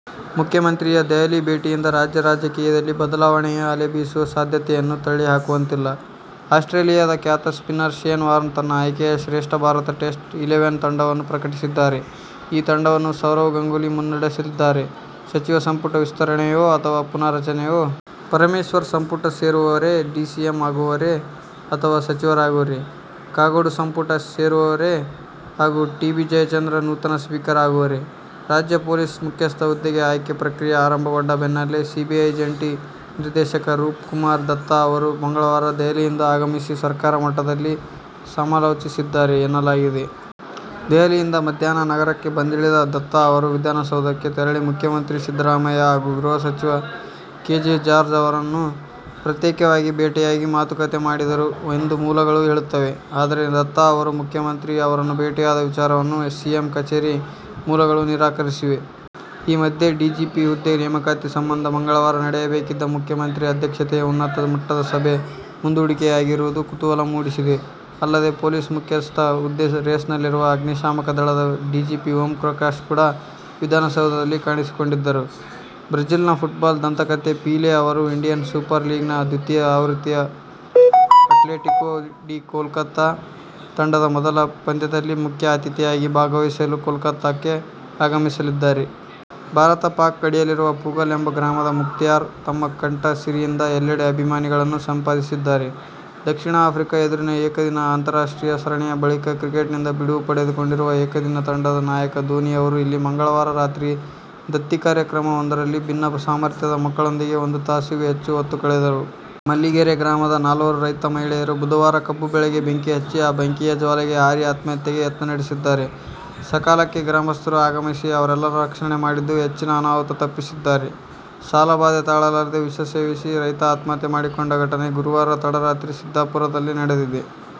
ಮುಖ್ಯಮಂತ್ರಿಯ ದೆಹಲಿ ಭೇಟಿಯಿಂದ ರಾಜ್ಯ ರಾಜಕೀಯದಲ್ಲಿ ಬದಲಾವಣೆಯ ಅಲೆ ಬೀಸುವ ಸಾಧ್ಯತೆಯನ್ನು ತಳ್ಳಿಹಾಕುವಂತಿಲ್ಲ. ಆಸ್ಟ್ರೇಲಿಯದ ಖ್ಯಾತ ಸ್ಪಿನ್ನರ್ ಶೇನ್ ವಾರ್ನ್ ತನ್ನ ಆಯ್ಕೆಯ ಶ್ರೇಷ್ಠ ಭಾರತ ಟೆಸ್ಟ್ ಇಲೆವೆನ್ ತಂಡವನ್ನು ಪ್ರಕಟಿಸಿದ್ದಾರೆ. ಈ ತಂಡವನ್ನು ಸೌರವ್ ಗಂಗೂಲಿ ಮುನ್ನಡೆಸಲಿದ್ದಾರೆ. ಸಚಿವ ಸಂಪುಟ ವಿಸ್ತರಣೆಯೋ ಅಥವಾ ಪುನಾರಚನೆಯೋ? ಪರಮೇಶ್ವರ್ ಸಂಪುಟ ಸೇರುವರೇ, ಡಿಸಿಎಂ ಆಗುವರೇ ಅಥವಾ ಸಚಿವರಾಗುವರೇ? ಕಾಗೋಡು ಸಂಪುಟ ಸೇರುವರೇ ಹಾಗೂ ಟಿ. ಬಿ. ಜಯಚಂದ್ರ ನೂತನ ಸ್ಪೀಕರ್ ಆಗುವರೇ? ರಾಜ್ಯ ಪೊಲೀಸ್ ಮುಖ್ಯಸ್ಥ ಹುದ್ದೆಗೆ ಆಯ್ಕೆ ಪ್ರಕ್ರಿಯೆ ಆರಂಭಗೊಂಡ ಬೆನ್ನಲ್ಲೇ ಸಿಬಿಐ ಜಂಟಿ ನಿರ್ದೇಶಕ ರೂಪ್ ಕುಮಾರ್ ದತ್ತಾ ಅವರು ಮಂಗಳವಾರ ದೆಹಲಿಯಿಂದ ಆಗಮಿಸಿ ಸರ್ಕಾರ ಮಟ್ಟದಲ್ಲಿ ಸಮಾಲೋಚಿಸಿದ್ದಾರೆ ಎನ್ನಲಾಗಿದೆ. ದೆಹಲಿಯಿಂದ ಮಧ್ಯಾಹ್ನ ನಗರಕ್ಕೆ ಬಂದಿಳಿದ ದತ್ತಾ ಅವರು, ವಿಧಾನಸೌಧಕ್ಕೆ ತೆರಳಿ ಮುಖ್ಯಮಂತ್ರಿ ಸಿದ್ದರಾಮಯ್ಯ ಹಾಗೂ ಗೃಹ ಸಚಿವ ಕೆ. ಜೆ. ಜಾರ್ಜ್ ಅವರನ್ನು ಪ್ರತ್ಯೇಕವಾಗಿ ಭೇಟಿಯಾಗಿ ಮಾತುಕತೆ ಮಾಡಿದರು ಎಂದು ಮೂಲಗಳು ಹೇಳುತ್ತವೆ. ಆದರೆ, ದತ್ತಾ ಅವರು ಮುಖ್ಯಮಂತ್ರಿ ಅವರನ್ನು ಭೇಟಿಯಾದ ವಿಚಾರವನ್ನು ಸಿಎಂ ಕಚೇರಿ ಮೂಲಗಳು ನಿರಾಕರಿಸಿವೆ. ಈ ಮಧ್ಯೆ ಡಿಜಿಪಿ ಹುದ್ದೆ ನೇಮಕಾತಿ ಸಂಬಂಧ ಮಂಗಳವಾರ ನಡೆಯಬೇಕಿದ್ದ ಮುಖ್ಯಮಂತ್ರಿ ಅಧ್ಯಕ್ಷತೆಯ ಉನ್ನತ ಮಟ್ಟದ ಸಭೆ ಮುಂದೂಡಿಕೆಯಾಗಿರುವುದು ಕುತೂಹಲ ಮೂಡಿಸಿದೆ. ಅಲ್ಲದೆ ಪೊಲೀಸ್ ಮುಖ್ಯಸ್ಥ ಹುದ್ದೆ ರೇಸ್ನಲ್ಲಿರುವ ಅಗ್ನಿಶಾಮಕ ದಳದ ಡಿಜಿಪಿ ಓಂಪ್ರಕಾಶ್ ಕೂಡ ವಿಧಾನಸೌಧಲ್ಲಿ ಕಾಣಿಸಿಕೊಂಡಿದ್ದರು. ಬ್ರಝಿಲ್ನ ಫುಟ್ಬಾಲ್ ದಂತಕತೆ ಪೀಲೆ ಅವರು ಇಂಡಿಯನ್ ಸೂಪರ್ ಲೀಗ್ ನ ದ್ವಿತೀಯ ಆವೃತ್ತಿಯ ಅಟ್ಲೆಟಿಕೊ ಡಿ ಕೋಲ್ಕತಾ ತಂಡದ ಮೊದಲ ಪಂದ್ಯದಲ್ಲಿ ಮಖ್ಯ ಅತಿಥಿಯಾಗಿ ಭಾಗವಹಿಸಲು ಕೋಲ್ಕತಾಕ್ಕೆ ಆಗಮಿಸಲಿದ್ದಾರೆ. ಭಾರತ-ಪಾಕ್ ಗಡಿಯಲ್ಲಿರುವ ಪೂಗಲ್ ಎಂಬ ಗ್ರಾಮದ ಮುಖ್ತಿಯಾರ್, ತಮ್ಮ ಕಂಠಸಿರಿಯಿಂದ ಎಲ್ಲೆಡೆ ಅಭಿಮಾನಿಗಳನ್ನು ಸಂಪಾದಿಸಿದ್ದಾರೆ. ದಕ್ಷಿಣ ಆಫ್ರಿಕಾ ಎದುರಿನ ಏಕದಿನ ಅಂತಾರಾಷ್ಟ್ರೀಯ ಸರಣಿಯ ಬಳಿಕ ಕ್ರಿಕೆಟ್ನಿಂದ ಬಿಡುವು ಪಡೆದುಕೊಂಡಿರುವ ಏಕದಿನ ತಂಡದ ನಾಯಕ ಧೋನಿ ಅವರು ಇಲ್ಲಿ ಮಂಗಳವಾರ ರಾತ್ರಿ ದತ್ತಿ ಕಾರ್ಯಕ್ರಮ ವೊಂದರಲ್ಲಿ ಭಿನ್ನ ಸಾಮರ್ಥ್ಯದ ಮಕ್ಕಳೊಂದಿಗೆ ಒಂದು ತಾಸಿಗೂ ಹೆಚ್ಚು ಹೊತ್ತು ಕಳೆದರು. ಮಲ್ಲಿಗೆರೆ ಗ್ರಾಮದ ನಾಲ್ವರು ರೈತ ಮಹಿಳೆಯರು ಬುಧವಾರ ಕಬ್ಬು ಬೆಳೆಗೆ ಬೆಂಕಿ ಹಚ್ಚಿ, ಆ ಬೆಂಕಿಯ ಜ್ವಾಲೆಗೆ ಹಾರಿ ಆತ್ಮಹತ್ಯೆಗೆ ಯತ್ನ ನಡೆಸಿದ್ದಾರೆ. ಸಕಾಲಕ್ಕೆ ಗ್ರಾಮಸ್ಥರು ಆಗಮಿಸಿ ಅವರೆಲ್ಲರ ರಕ್ಷಣೆ ಮಾಡಿದ್ದು, ಹೆಚ್ಚಿನ ಅನಾಹುತ ತಪ್ಪಿಸಿದ್ದಾರೆ. ಸಾಲಬಾಧೆ ತಾಳಲಾರದೆ ವಿಷ ಸೇವಿಸಿ ರೈತ ಆತ್ಮಹತ್ಯೆ ಮಾಡಿಕೊಂಡ ಘಟನೆ ಗುರುವಾರ ತಡರಾತ್ರಿ ಸಿದ್ದಾಪುರದಲ್ಲಿ ನಡೆದಿದೆ.